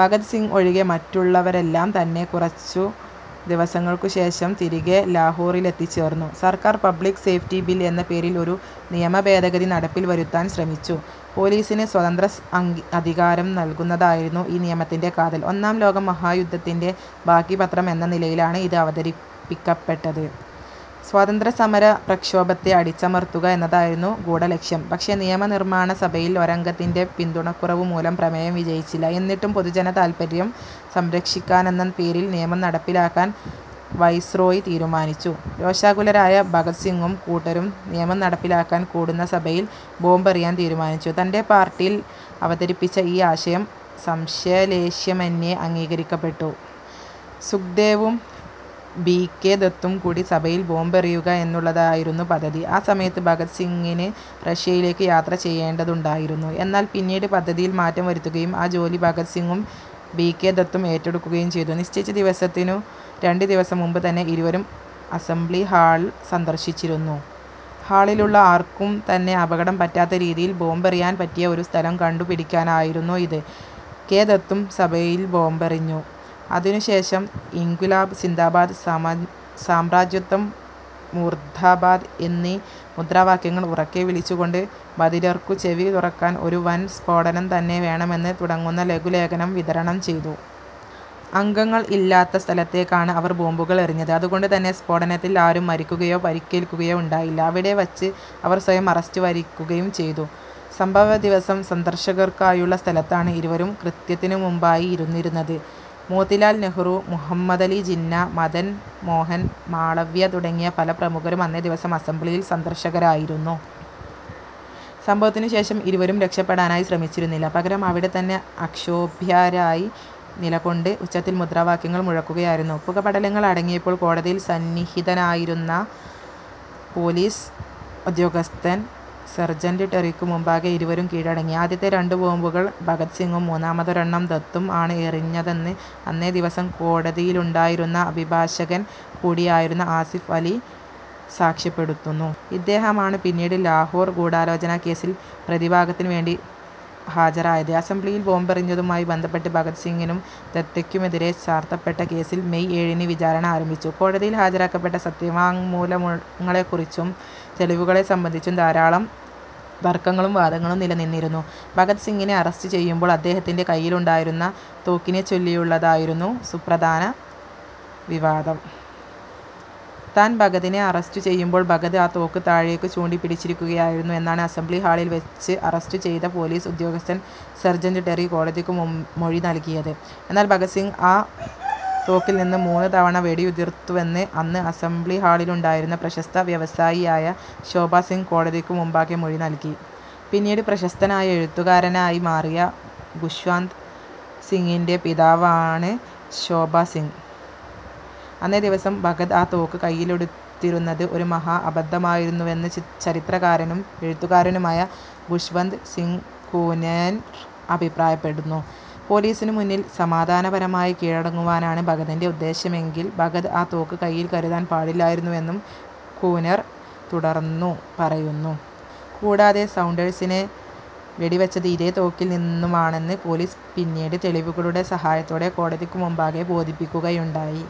ഭഗത് സിംഗ് ഒഴികെ മറ്റുള്ളവരെല്ലാം തന്നെ കുറച്ചു ദിവസങ്ങൾക്കുശേഷം തിരികെ ലാഹോറിലെത്തിച്ചേർന്നു. സർക്കാർ പബ്ലിക് സേഫ്റ്റി ബിൽ എന്ന പേരിൽ ഒരു നിയമഭേദഗതി നടപ്പിൽ വരുത്താൻ ശ്രമിച്ചു. പോലീസിന് സ്വതന്ത്ര അധികാരം നൽകുന്നതായിരുന്നു ഈ നിയമത്തിൻ്റെ കാതൽ. ഒന്നാം ലോക മഹായുദ്ധത്തിൻ്റെ ബാക്കിപത്രം എന്ന നിലയിലാണ് ഇത് അവതരിപ്പിക്കപ്പെട്ടത്. സ്വാതന്ത്ര്യസമരപ്രക്ഷോഭത്തെ അടിച്ചമർത്തുക എന്നതായിരുന്നു ഗൂഢലക്ഷ്യം. പക്ഷേ നിയമനിർമ്മാണ സഭയിൽ ഒരംഗത്തിൻ്റെ പിന്തുണക്കുറവു മൂലം പ്രമേയം വിജയിച്ചില്ല. എന്നിട്ടും പൊതുജനതാല്പര്യം സംരക്ഷിക്കാനെന്ന പേരിൽ നിയമം നടപ്പിലാക്കാൻ വൈസ്രോയി തീരുമാനിച്ചു. രോഷാകുലരായ ഭഗത് സിംഗും കൂട്ടരും നിയമം നടപ്പിലാക്കാൻ കൂടുന്ന സഭയിൽ ബോംബെറിയാൻ തീരുമാനിച്ചു. തൻ്റെ പാർട്ടിയിൽ അവതരിപ്പിച്ച ഈ ആശയം സംശയലേശമെന്യേ അംഗീകരിക്കപ്പെട്ടു. സുഖ്ദേവും, ബി. കെ. ദത്തും കൂടി സഭയിൽ ബോംബെറിയുക എന്നുള്ളതായിരുന്നു പദ്ധതി, ആ സമയത്ത് ഭഗത് സിംഗിന് റഷ്യയിലേക്ക് യാത്രചെയ്യേണ്ടതുണ്ടായിരുന്നു. എന്നാൽ പിന്നീട് പദ്ധതിയിൽ മാറ്റം വരുത്തുകയും ആ ജോലി ഭഗത് സിംഗും ബി. കെ. ദത്തും ഏറ്റെടുക്കുകയും ചെയ്തു. നിശ്ചയിച്ച ദിവസത്തിനു രണ്ട് ദിവസം മുമ്പ് തന്നെ ഇരുവരും അസംബ്ലി ഹാൾ സന്ദർശിച്ചിരുന്നു. ഹാളിലുള്ള ആർക്കും തന്നെ അപകടം പറ്റാത്ത രീതിയിൽ ബോംബെറിയാൻ പറ്റിയ ഒരു സ്ഥലം കണ്ടു പിടിക്കാനായിരുന്നു ഇത്. കെ ദത്തും സഭയിൽ ബോംബെറിഞ്ഞു, അതിനുശേഷം ഇൻക്വിലാബ് സിന്ദാബാദ്, സാമ്രാജ്യത്വം മൂർദ്ദാബാദ് എന്നീ മുദ്രാവാക്യങ്ങൾ ഉറക്കെ വിളിച്ചുകൊണ്ട് ബധിരർക്കു ചെവി തുറക്കാൻ ഒരു വൻ സ്ഫോടനം തന്നെ വേണമെന്ന് തുടങ്ങുന്ന ലഘുലേഖനം വിതരണം ചെയ്തു. അംഗങ്ങൾ ഇല്ലാത്ത സ്ഥലത്തേക്കാണ് അവർ ബോംബുകൾ എറിഞ്ഞത്, അതുകൊണ്ടു തന്നെ സ്ഫോടനത്തിൽ ആരും മരിക്കുകയോ പരിക്കേൽക്കുകയോ ഉണ്ടായില്ല. അവിടെ വച്ച് അവർ സ്വയം അറസ്റ്റ് വരിക്കുകയും ചെയ്തു. സംഭവദിവസം സന്ദർശകർക്കായുള്ള സ്ഥലത്താണ് ഇരുവരും കൃത്യത്തിനുമുമ്പായി ഇരുന്നിരുന്നത്. മോത്തിലാൽ നെഹ്റു, മുഹമ്മദലി ജിന്ന, മദൻ മോഹൻ മാളവ്യ തുടങ്ങിയ പല പ്രമുഖരും അന്നേ ദിവസം അസംബ്ലിയിൽ സന്ദർശകരായിരുന്നു. സംഭവത്തിനുശേഷം ഇരുവരും രക്ഷപ്പെടാനായി ശ്രമിച്ചിരുന്നില്ല. പകരം അവിടത്തന്നെ അക്ഷോഭ്യരായി നിലകൊണ്ട് ഉച്ചത്തിൽ മുദ്രാവാക്യങ്ങൾ മുഴക്കുകയായിരുന്നു. പുകപടലങ്ങൾ അടങ്ങിയപ്പോൾ കോടതിയിൽ സന്നിഹിതനായിരുന്ന പോലീസ് ഉദ്യോഗസ്ഥൻ സെർജൻ്റ് ടെറിക്കു മുമ്പാകെ ഇരുവരും കീഴടങ്ങി. ആദ്യത്തെ രണ്ടു ബോംബുകൾ ഭഗത് സിംഗും, മൂന്നാമതൊരെണ്ണം ദത്തും ആണ് എറിഞ്ഞതെന്ന് അന്നേ ദിവസം കോടതിയിലുണ്ടായിരുന്ന അഭിഭാഷകൻ കൂടിയായിരുന്ന അസിഫ് അലി സാക്ഷ്യപ്പെടുത്തുന്നു. ഇദ്ദേഹമാണ് പിന്നീട് ലാഹോർ ഗൂഢാലോചന കേസിൽ പ്രതിഭാഗത്തിനു വേണ്ടി ഹാജരായത്. അസംബ്ലിയിൽ ബോംബെറിഞ്ഞതുമായി ബന്ധപ്പെട്ട് ഭഗത് സിംഗിനും, ദത്തയ്ക്കുമെതിരേ ചാർത്തപ്പെട്ട കേസിൽ മെയ് ഏഴിന് വിചാരണ ആരംഭിച്ചു. കോടതിയിൽ ഹാജരാക്കപ്പെട്ട സത്യവാങ്മൂലങ്ങളെക്കുറിച്ചും തെളിവുകളെ സംബന്ധിച്ചും ധാരാളം തർക്കങ്ങളും വാദങ്ങളും നിലനിന്നിരുന്നു. ഭഗത് സിംഗിനെ അറസ്റ്റ് ചെയ്യുമ്പോൾ അദ്ദേഹത്തിൻ്റെ കയ്യിലുണ്ടായിരുന്ന തോക്കിനെച്ചൊല്ലിയുള്ളതായിരുന്നു പ്രധാന വിവാദം. താൻ ഭഗതിനെ അറസ്റ്റു ചെയ്യുമ്പോൾ ഭഗത് ആ തോക്ക് താഴേക്കു ചൂണ്ടി പിടിച്ചിരിക്കുകയായിരുന്നു എന്നാണ് അസംബ്ലി ഹാളിൽ വെച്ച് അറസ്റ്റു ചെയ്ത പോലീസ് ഉദ്യോഗസ്ഥൻ സെർജൻ്റ് ടെറി കോടതിക്കു മൊഴി നൽകിയത്. എന്നാൽ ഭഗത് സിംഗ് ആ തോക്കിൽ നിന്നും മൂന്നു തവണ വെടിയുതിർത്തുവെന്ന് അന്ന് അസംബ്ലിഹാളിലുണ്ടായിരുന്ന പ്രശസ്ത വ്യവസായിയായ ശോഭാ സിംഗ് കോടതിക്കു മുമ്പാകെ മൊഴി നൽകി. പിന്നീട് പ്രശസ്തനായ എഴുത്തുകാരനായി മാറിയ ഖുശ്വന്ത് സിംഗിൻ്റെ പിതാവാണ് ശോഭാ സിംഗ്. അന്നേ ദിവസം ഭഗത് ആ തോക്ക് കയ്യിലെടുത്തിരുന്നത് ഒരു മഹാ അബദ്ധമായിരുന്നുവെന്ന് ചരിത്രകാരനും, എഴുത്തുകാരനുമായ ഖുശ് വന്ത് സിംഗ് കൂനർ അഭിപ്രായപ്പെടുന്നു. പോലീസിനു മുന്നിൽ സമാധാനപരമായി കീഴടങ്ങുവാനാണ് ഭഗതിൻ്റെ ഉദ്ദേശ്യമെങ്കിൽ ഭഗത് ആ തോക്ക് കൈയ്യിൽ കരുതാൻ പാടില്ലായിരുന്നുവെന്നും കൂനർ തുടർന്നു പറയുന്നു. കൂടാതെ സൗണ്ടേഴ്സിനെ വെടിവെച്ചത് ഇതേ തോക്കിൽ നിന്നുമാണെന്ന് പോലീസ് പിന്നീട് തെളിവുകളുടെ സഹായത്തോടെ കോടതിക്കുമുമ്പാകെ ബോധിപ്പിക്കുകയുണ്ടായി.